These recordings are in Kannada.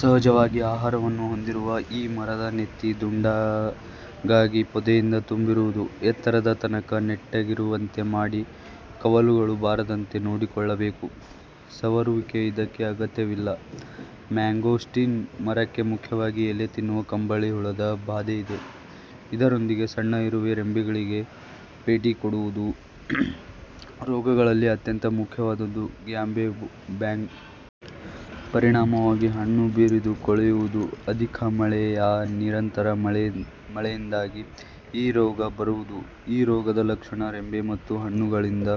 ಸಹಜವಾಗಿ ಆಕಾರವನ್ನು ಹೊಂದಿರುವ ಈ ಮರದ ನೆತ್ತಿ ದುಂಡಗಾಗಿ ಪೊದೆಯಿಂದ ತುಂಬಿರುವುದು. ಎತ್ತರದ ತನಕ ನೆಟ್ಟಗಿರುವಂತೆ ಮಾಡಿ ಕವಲುಗಳು ಬಾರದಂತೆ ನೋಡಿಕೊಳ್ಳಬೇಕು. ಸವರುವಿಕೆ ಇದಕ್ಕೆ ಅಗತ್ಯವಿಲ್ಲ. ಮ್ಯಾಂಗೋಸ್ಟಿನ್ ಮರಕ್ಕೆ ಮುಖ್ಯವಾಗಿ ಎಲೆ ತಿನ್ನುವ ಕಂಬಳಿ ಹುಳದ ಬಾಧೆಯಿದೆ. ಇದರೊಂದಿಗೆ ಸಣ್ಣ ಇರುವೆ ರೆಂಬೆಗಳಿಗೆ ಪೀಡೆಕೊಡುವುವು. ರೋಗಗಳಲ್ಲಿ ಅತ್ಯಂತ ಮುಖ್ಯವಾದುದು "ಗ್ಯಾಂಬೋಗೆ". ಪರಿಣಾಮವಾಗಿ ಹಣ್ಣು ಬಿರಿದು ಕೊಳೆಯುವುದು. ಅಧಿಕ ಮಳೆ ಯಾ ನಿರಂತರ ಮಳೆಯಿಂದಾಗಿ ಈ ರೋಗ ಬುರುವುದು. ಈ ರೋಗದ ಲಕ್ಷಣ ರೆಂಬೆ ಮತ್ತು ಹಣ್ಣುಗಳಿಂದ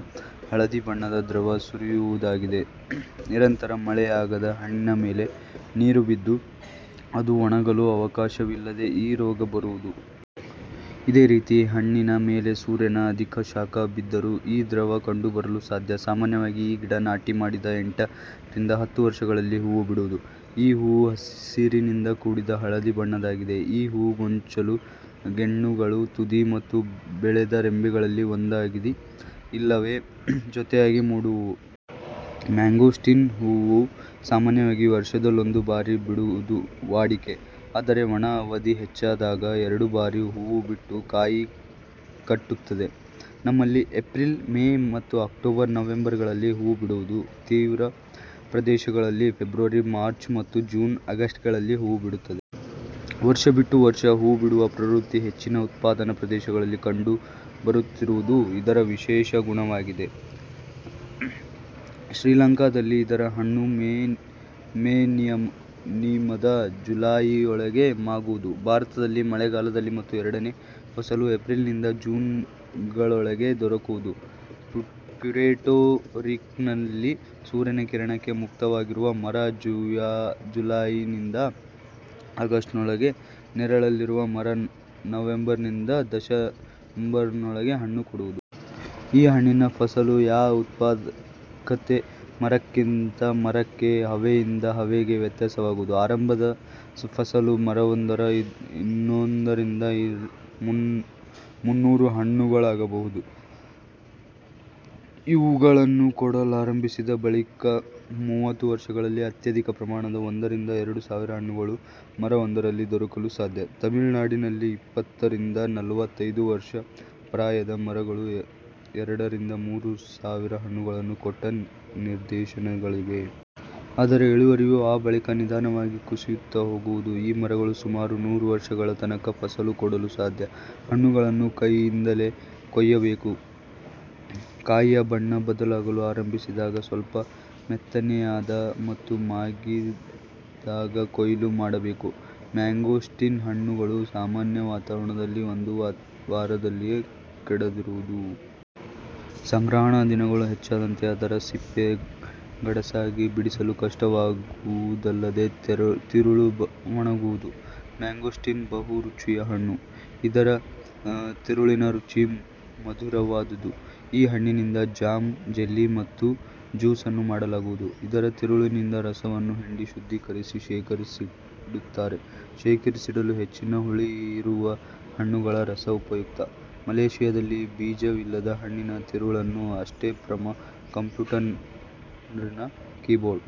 ಹಳದಿ ಬಣ್ಣದ ದ್ರವ ಸುರಿಯುವುದಾಗಿದೆ. ನಿರಂತರ ಮಳೆಯಾದಾಗ ಹಣ್ಣಿನ ಮೇಲೆ ನೀರು ಬಿದ್ದು, ಅದು ಒಣಗಲು ಅವಕಾಶವಿಲ್ಲದೆ ಈ ರೋಗ ಬರುವುದು. ಇದೇ ರೀತಿ ಹಣ್ಣಿನ ಮೇಲೆ ಸೂರ್ಯನ ಅಧಿಕ ಶಾಖ ಬಿದ್ದರೂ ಈ ದ್ರವ ಕಂಡು ಬರಲು ಸಾಧ್ಯ. ಸಾಮಾನ್ಯವಾಗಿ ಈ ಗಿಡ ನಾಟಿ ಮಾಡಿದ ಎಂಟ ರಿಂದ ಹತ್ತು ವರ್ಷಗಳಲ್ಲಿ ಹೂವು ಬಿಡುವುದು. ಈ ಹೂವು ಹಸಿರಿನಿಂದ ಕೂಡಿದ ಹಳದಿ ಬಣ್ಣದ್ದಾಗಿದೆ ಈ ಹೂ ಗೊಂಚಲು ಗೆಣ್ಣುಗಳ ತುದಿ ಮತ್ತು ಬೆಳೆದ ರೆಂಬೆಗಳಲ್ಲಿ ಒಂದಾಗಿ ಇಲ್ಲವೆ ಜೊತೆಯಾಗಿ ಮೂಡುವುವು. ಮ್ಯಾಂಗೋಸ್ಟಿನ್ನ ಹೂವು ಸಾಮಾನ್ಯವಾಗಿ ವರ್ಷದಲ್ಲೊಂದು ಬಾರಿ ಬಿಡುವುದು ವಾಡಿಕೆ, ಆದರೆ, ಒಣ ಅವಧಿ ಹೆಚ್ಚಿದ್ದಾಗ ಎರಡು ಬಾರಿ ಹೂವು ಬಿಟ್ಟು ಕಾಯಿ ಕಟ್ಟುತ್ತವೆ. ನಮ್ಮಲ್ಲಿ ಏಪ್ರಿಲ್ – ಮೇ ಮತ್ತು ಅಕ್ಟೋಬರ್ – ನವಂಬರ್ ಗಳಲ್ಲಿ ಹೂವು ಬಿಡುವುದು. ತೀರ ಪ್ರದೇಶಗಳಲ್ಲಿ ಫೆಬ್ರವರಿ-ಮಾರ್ಚ್ ಮತ್ತು ಜೂನ್ -ಆಗಸ್ಟ್ಗಳಲ್ಲಿ ಹೂವು ಬಿಡುತ್ತದೆ. ವರ್ಷ ಬಿಟ್ಟು ವರ್ಷ ಹೂವು ಬಿಡುವ ಪ್ರವೃತ್ತಿ ಹೆಚ್ಚಿನ ಉತ್ಪಾದನಾ ಪ್ರದೇಶಗಳಲ್ಲಿ ಕಂಡು ಬರುತ್ತಿರುವುದು ಇದರ ವಿಶೇಷ ಗುಣವಾಗಿದೆ. ಶ್ರೀಲಂಕಾದಲ್ಲಿ ಇದರ ಹಣ್ಣು ಮೇ ನಿಮದ ಜುಲಾಯಿಯೊಳಗೆ ಮಾಗುವುದು. ಭಾರತದಲ್ಲಿ ಮಳೆಗಾಲದಲ್ಲಿ ಮತ್ತು ಎರಡನೆ ಫಸಲು ಏಪ್ರಿಲ್ನಿಂದ ಜೂನ್ನೊಳಗೆ ದೊರಕುವುದು. ಪ್ಯುರೆಟೋರಿಕನ್ನಲ್ಲಿ ಸೂರ್ಯನ ಕಿರಣಕ್ಕೆ ಮುಕ್ತವಾಗಿರುವ ಮರ ಜುಲಾಯಿನಿಂದ ಅಗೋಸ್ಟುನಲ್ಲಿ ನೆರಳಲ್ಲಿರುವ ಮರ ನವಂಬರಿನಿಂದ ದಶಂಬರದೊಳಗೆ ಹಣ್ಣನ್ನು ಕೊಡುವುವು. ಈ ಹಣ್ಣಿನ ಫಸಲು ಯಾ ಉತ್ಪಾದಕತೆ ಮರದಿಂದ ಮರಕ್ಕೆ, ಹವೆಯಿಂದ ಹವೆಗೆ ವ್ಯತ್ಯಾಸವಾಗುವುದು. ಆರಂಭದ ಫಸಲು ಮರವೊಂದರ ಇನ್ನೂರರಿಂದ ರಿಂದ ಮುನ್ನೂರು ಹಣ್ಣುಗಳಾಗಬಹುದು. ಇಳುವರಿಯನ್ನು ಕೊಡಲಾರಂಭಿಸಿದ ಬಳಿಕದ ಮೂವತ್ತು ವರ್ಷಗಳಲ್ಲಿ ಅತ್ಯಧಿಕ ಪ್ರಮಾಣವಾದ ಒಂದ ರಿಂದ ಎರಡು ಸಾವಿರ ಹಣ್ಣುಗಳು ಮರವೊಂದರಲ್ಲಿ ದೊರಕಲು ಸಾಧ್ಯ. ತಮಿಳುನಾಡಿನಲ್ಲಿಇಪ್ಪತ್ತ ರಿಂದ ನಲವತ್ತೈದು ವರ್ಷ ಪ್ರಾಯದ ಮರಗಳು ಎರಡ ರಿಂದ ಮೂರು ಸಾವಿರ ಹಣ್ನುಗಳನ್ನು ಕೊಟ್ಟ ನಿದರ್ಶನಗಳಿವೆ. ಆದರೆ ಇಳುವರಿಯು ಆ ಬಳಿಕ ನಿಧಾನವಾಗಿ ಕುಸಿಯುತ್ತಾ ಹೋಗುವುದು. ಈ ಮರಗಳು ಸುಮಾರು ನೂರು ವರ್ಷಗಳ ತನಕ ಫಸಲು ಕೊಡಲು ಸಾಧ್ಯ. ಹಣ್ಣುಗಳನ್ನು ಕೈಯಿಂದಲೇ ಕೊಯ್ಯಬೇಕು. ಕಾಯಿಯ ಬಣ್ಣ ಬದಲಾಗಲು ಆರಂಭಿಸಿದಾಗ, ಸ್ವಲ್ಪ ಮೆತ್ತನೆಯಾದಾಗ ಮತ್ತು ಮಾಗಿದಾಗ ಕೊಯ್ಲು ಮಾಡಬೇಕು. ಮ್ಯಾಂಗೋಸ್ಟಿನ್ ಹಣ್ಣುಗಳು ಸಾಮಾನ್ಯ ವಾತಾವರಣದಲ್ಲಿ ಒಂದು ವಾರದವರೆಗೆ ಕೆಡದಿರುವುದು. ಸಂಗ್ರಹಣಾ ದಿನಗಳು ಹೆಚ್ಚಾದಂತೆ ಅದರ ಸಿಪ್ಪೆ ಗಡಸಾಗಿ ಬಿಡಿಸಲು ಕಷ್ಟವಾಗುವುದಲ್ಲದೆ ತಿರುಳು ಒಣಗುವುದು. ಮ್ಯಾಂಗೋಸ್ಟಿನ್ ಬಹುರುಚಿಯ ಹಣ್ಣು. ಇದರ ತಿರುಳಿನ ರುಚಿ ಮಧುರವಾದುದು. ಈ ಹಣ್ಣಿನಿಂದ ಜಾಮ್, ಜೆಲ್ಲಿ ಮತ್ತು ಜ್ಯೂಸನ್ನು ಮಾಡಲಾಗುವುದು. ಇದರ ತಿರುಳಿನಿಂದ ರಸವನ್ನು ಹಿಂಡಿ ಶುದ್ಧೀಕರಿಸಿ ಶೇಖರಿಸಿಡುತ್ತಾರೆ. ಶೇಖರಿಸಿಡಲು ಹೆಚ್ಚಿನ ಹುಳಿಯಿರುವ ಹಣ್ಣುಗಳ ರಸ ಉಪಯುಕ್ತ. ಮಲೇಶಿಯಾದಲ್ಲಿ ಬೀಜವಿಲ್ಲದ ಹಣ್ಣಿನ ತಿರುಳನ್ನು ಅಷ್ಟೇ ಪ್ರಮ ಕಂಪ್ಯೂಟರಿನ ಕೀಬೋರ್ಡ್